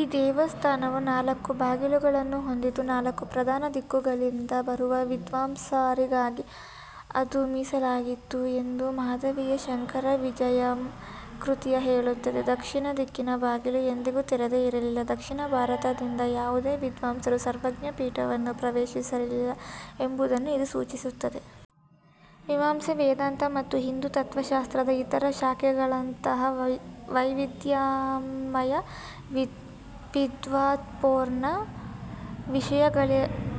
ಈ ದೇವಸ್ಥಾನವು ನಾಲ್ಕು ಬಾಗಿಲುಗಳನ್ನು ಹೊಂದಿದ್ದು, ನಾಲ್ಕು ಪ್ರಧಾನ ದಿಕ್ಕುಗಳಿಂದ ಬರುವ ವಿದ್ವಾಂಸರಿಗಾಗಿ ಅದು ಮೀಸಲಾಗಿತ್ತು ಎಂದು ಮಾಧವೀಯ ಶಂಕರವಿಜಯಂ ಕೃತಿಯು ಹೇಳುತ್ತದೆ. ದಕ್ಷಿಣ ದಿಕ್ಕಿನ ಬಾಗಿಲು ಎಂದಿಗೂ ತೆರೆದೇ ಇರಲಿಲ್ಲ. ದಕ್ಷಿಣ ಭಾರತದಿಂದ ಯಾವುದೇ ವಿದ್ವಾಂಸರೂ ಸರ್ವಜ್ಞ ಪೀಠವನ್ನು ಪ್ರವೇಶಿಸಿರಲಿಲ್ಲ ಎಂಬುದನ್ನು ಇದು ಸೂಚಿಸುತ್ತಿತ್ತು. ಮೀಮಾಂಸೆ, ವೇದಾಂತ ಮತ್ತು ಹಿಂದೂ ತತ್ತ್ವಶಾಸ್ತ್ರದ ಇತರ ಶಾಖೆಗಳಂಥ ವೈವಿಧ್ಯಮಯ ವಿದ್ವತ್ಪೂರ್ಣ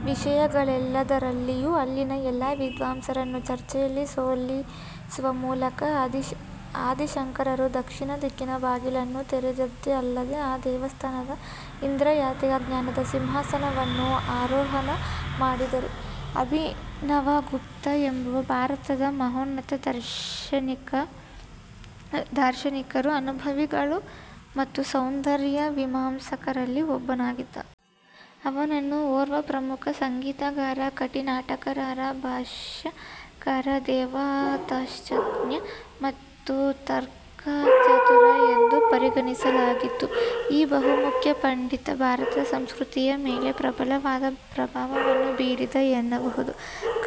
ವಿಷಯಗಳೆಲ್ಲದರಲ್ಲಿಯೂ ಅಲ್ಲಿನ ಎಲ್ಲಾ ವಿದ್ವಾಂಸರನ್ನೂ ಚರ್ಚೆಯಲ್ಲಿ ಸೋಲಿಸುವ ಮೂಲಕ, ಆದಿ ಶಂಕರರು ದಕ್ಷಿಣ ದಿಕ್ಕಿನ ಬಾಗಿಲನ್ನು ತೆರೆದದ್ದೇ ಅಲ್ಲದೇ, ಆ ದೇವಸ್ಥಾನದ ಇಂದ್ರಿಯಾತೀತ ಜ್ಞಾನದ ಸಿಂಹಾಸನವನ್ನು ಆರೋಹಣ ಮಾಡಿದರು. ಅಭಿನವಗುಪ್ತ ಎಂಬುವವ ಭಾರತದ ಮಹೋನ್ನತ ದಾರ್ಶನಿಕರು, ಅನುಭಾವಿಗಳು ಮತ್ತು ಸೌಂದರ್ಯ ಮೀಮಾಂಸಕರಲ್ಲಿ ಒಬ್ಬನಾಗಿದ್ದ. ಅವನನ್ನು ಓರ್ವ ಪ್ರಮುಖ ಸಂಗೀತಗಾರ, ಕವಿ, ನಾಟಕಕಾರ, ಭಾಷ್ಯಕಾರ, ದೇವತಾಶಾಸ್ತ್ರಜ್ಞ, ಮತ್ತು ತರ್ಕಚತುರ ಎಂದೂ ಪರಿಗಣಿಸಲಾಗಿತ್ತು. ಈ ಬಹುಮುಖ ಪಂಡಿತ ಭಾರತದ ಸಂಸ್ಕೃತಿಯ ಮೇಲೆ ಪ್ರಬಲವಾದ ಪ್ರಭಾವವನ್ನು ಬೀರಿದ ಎನ್ನಬಹುದು.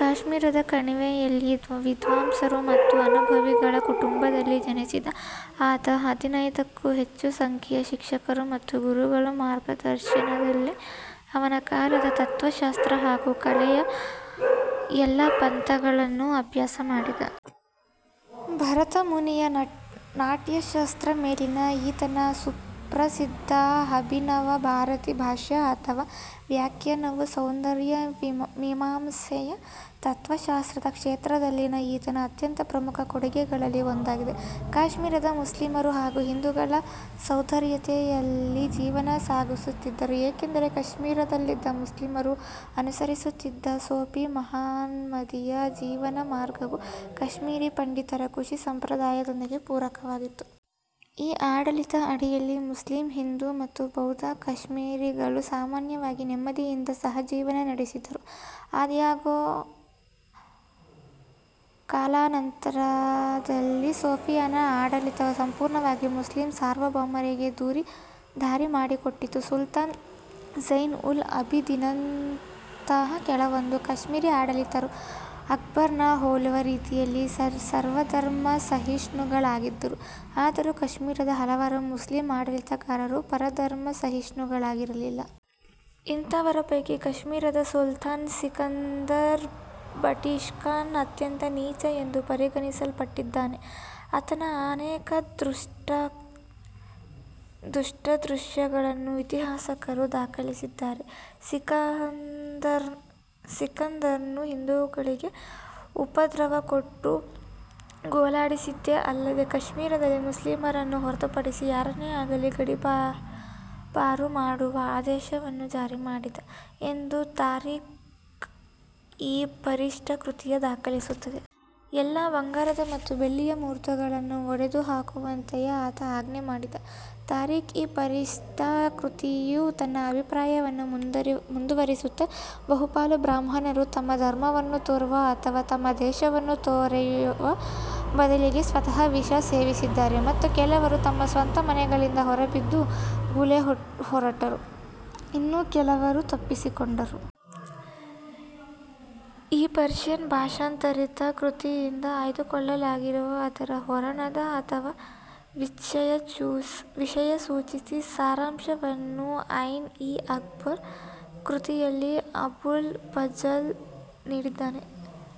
ಕಾಶ್ಮೀರದ ಕಣಿವೆ ಯಲ್ಲಿನ ವಿದ್ವಾಂಸರು ಮತ್ತು ಅನುಭಾವಿಗಳ ಕುಟುಂಬದಲ್ಲಿ ಜನಿಸಿದ ಆತ, ಹದಿನೈದಕ್ಕೂ ಹೆಚ್ಚಿನ ಸಂಖ್ಯೆಯ ಶಿಕ್ಷಕರು ಹಾಗೂ ಗುರುಗಳ ಮಾರ್ಗದರ್ಶನದಡಿಯಲ್ಲಿ, ಅವನ ಕಾಲದ ತತ್ತ್ವಶಾಸ್ತ್ರ ಹಾಗೂ ಕಲೆಯ ಎಲ್ಲಾ ಪಂಥಗಳನ್ನೂ ಅಭ್ಯಾಸ ಮಾಡಿದ. ಭರತ ಮುನಿಯ ನಾಟ್ಯಶಾಸ್ತ್ರ ಮೇಲಿನ ಈತನ ಸುಪ್ರಸಿದ್ಧ ಅಭಿನವಭಾರತಿ ಭಾಷ್ಯ ಅಥವಾ ವ್ಯಾಖ್ಯಾನವು ಸೌಂದರ್ಯಮೀಮಾಂಸೆಯ ತತ್ತ್ವಶಾಸ್ತ್ರದ ಕ್ಷೇತ್ರದಲ್ಲಿನ ಈತನ ಅತ್ಯಂತ ಪ್ರಮುಖ ಕೊಡುಗೆಗಳಲ್ಲಿ ಒಂದಾಗಿದೆ. ಕಾಶ್ಮೀರದ ಮುಸ್ಲಿಮರು ಹಾಗೂ ಹಿಂದೂಗಳು ಸೌಹಾರ್ದತೆಯಲ್ಲಿ ಜೀವನ ಸಾಗಿಸುತ್ತಿದ್ದರು. ಏಕೆಂದರೆ, ಕಾಶ್ಮೀರದಲ್ಲಿನ ಮುಸ್ಲಿಮರು ಅನುಸರಿಸುತ್ತಿದ್ದ ಸೂಫಿ -ಮಹಮ್ಮದೀಯ ಜೀವನಮಾರ್ಗವು ಕಾಶ್ಮೀರಿ ಪಂಡಿತರ ಋಷಿ ಸಂಪ್ರದಾಯದೊಂದಿಗೆ ಪೂರಕವಾಗಿತ್ತು. ಈ ಆಡಳಿತದ ಅಡಿಯಲ್ಲಿ, ಮುಸ್ಲಿಂ, ಹಿಂದೂ ಮತ್ತು ಬೌದ್ಧ ಕಾಶ್ಮೀರಿಗಳು ಸಾಮಾನ್ಯವಾಗಿ ನೆಮ್ಮದಿಯಿಂದ ಸಹಜೀವನ ನಡೆಸಿದ್ದರು. ಆದಾಗ್ಯೂ, ಕಾಲಾನಂತರದಲ್ಲಿ ಸೂಫಿಯಾನಾ ಆಡಳಿತವು ಸಂಪೂರ್ಣವಾಗಿ ಮುಸ್ಲಿಂ ಸಾರ್ವಭೌಮರಿಗೆ ದಾರಿಮಾಡಿಕೊಟ್ಟಿತು. ಸುಲ್ತಾನ್ ಝೈನ್-ಉಲ್-ಅಬಿದಿನ್ನಂತಹ ಕೆಲವೊಂದು ಕಾಶ್ಮೀರಿ ಆಡಳಿತಗಾರರು ಅಕ್ಬರ್ನನ್ನು ಹೋಲುವ ರೀತಿಯಲ್ಲಿ ಸರ್ವಧರ್ಮ ಸಹಿಷ್ಣುಗಳಾಗಿದ್ದರು. ಆದರೂ, ಕಾಶ್ಮೀರದ ಹಲವಾರು ಮುಸ್ಲಿಂ ಆಡಳಿತಗಾರರು ಪರಧರ್ಮಸಹಿಷ್ಣುಗಳಾಗಿರಲಿಲ್ಲ. ಇಂಥವರ ಪೈಕಿ ಕಾಶ್ಮೀರದ ಸುಲ್ತಾನ್ ಸಿಕಂದರ್ ಬಟ್ಷಿಕಾನ್ ಅತ್ಯಂತ ನೀಚ ಎಂದು ಪರಿಗಣಿಸಲ್ಪಟ್ಟಿದ್ದಾನೆ. ಆತನ ಅನೇಕ ದುಷ್ಕೃತ್ಯಗಳನ್ನು ಇತಿಹಾಸಕಾರರು ದಾಖಲಿಸಿದ್ದಾರೆ. ಸಿಕಂದರ್ನು ಹಿಂದೂಗಳಿಗೆ ಉಪದ್ರವ ಕೊಟ್ಟು ಗೋಳಾಡಿಸಿದ್ದೇ ಅಲ್ಲದೇ, ಕಾಶ್ಮೀರದಲ್ಲಿ ಮುಸ್ಲಿಮರನ್ನು ಹೊರತುಪಡಿಸಿದ ಯಾರನ್ನೇ ಆಗಲಿ ಗಡೀಪಾರು ಮಾಡುವ ಆದೇಶವನ್ನು ಜಾರಿಮಾಡಿದ ಎಂದು ತಾರೀಖ್-ಇ-ಫರಿಶ್ತಾ ಕೃತಿಯು ದಾಖಲಿಸುತ್ತದೆ. ಎಲ್ಲಾ "ಬಂಗಾರದ ಮತ್ತು ಬೆಳ್ಳಿಯ ಮೂರ್ತಿಗಳನ್ನು" ಒಡೆದುಹಾಕುವಂತೆಯೂ ಆತ ಆಜ್ಞೆಮಾಡಿದ. ತಾರೀಖ್-ಇ-ಫರಿಶ್ತಾ ಕೃತಿಯು ತನ್ನ ಅಭಿಪ್ರಾಯವನ್ನು ಮುಂದುವರೆಸುತ್ತಾ, "ಬಹುಪಾಲು ಬ್ರಾಹ್ಮಣರು ತಮ್ಮ ಧರ್ಮವನ್ನು ತೊರೆಯುವ ಅಥವಾ ತಮ್ಮ ದೇಶವನ್ನು ತೊರೆಯುವ ಬದಲಿಗೆ ಸ್ವತಃ ವಿಷ ಸೇವಿಸಿದರೆ, ಮತ್ತೆ ಕೆಲವರು ತಮ್ಮ ಸ್ವಂತ ಮನೆಗಳಿಂದ ಹೊರಬಿದ್ದು ಗುಳೆಹೊರಟರು, ಇನ್ನು ಕೆಲವರು ತಪ್ಪಿಸಿಕೊಂಡರು. ಈ ಪರ್ಷಿಯನ್ ಭಾಷಾಂತರಿತ ಕೃತಿಯಿಂದ ಆಯ್ದುಕೊಳ್ಳಲಾಗಿರುವ ಅದರ ಹೂರಣದ ಅಥವಾ ವಿಷಯಸೂಚಿಯ ಸಾರಾಂಶವನ್ನು ಐನ್-ಇ-ಅಕ್ಬರಿ ಕೃತಿಯಲ್ಲಿ ಅಬುಲ್ ಫಜಲ್ ನೀಡಿದ್ದಾನೆ.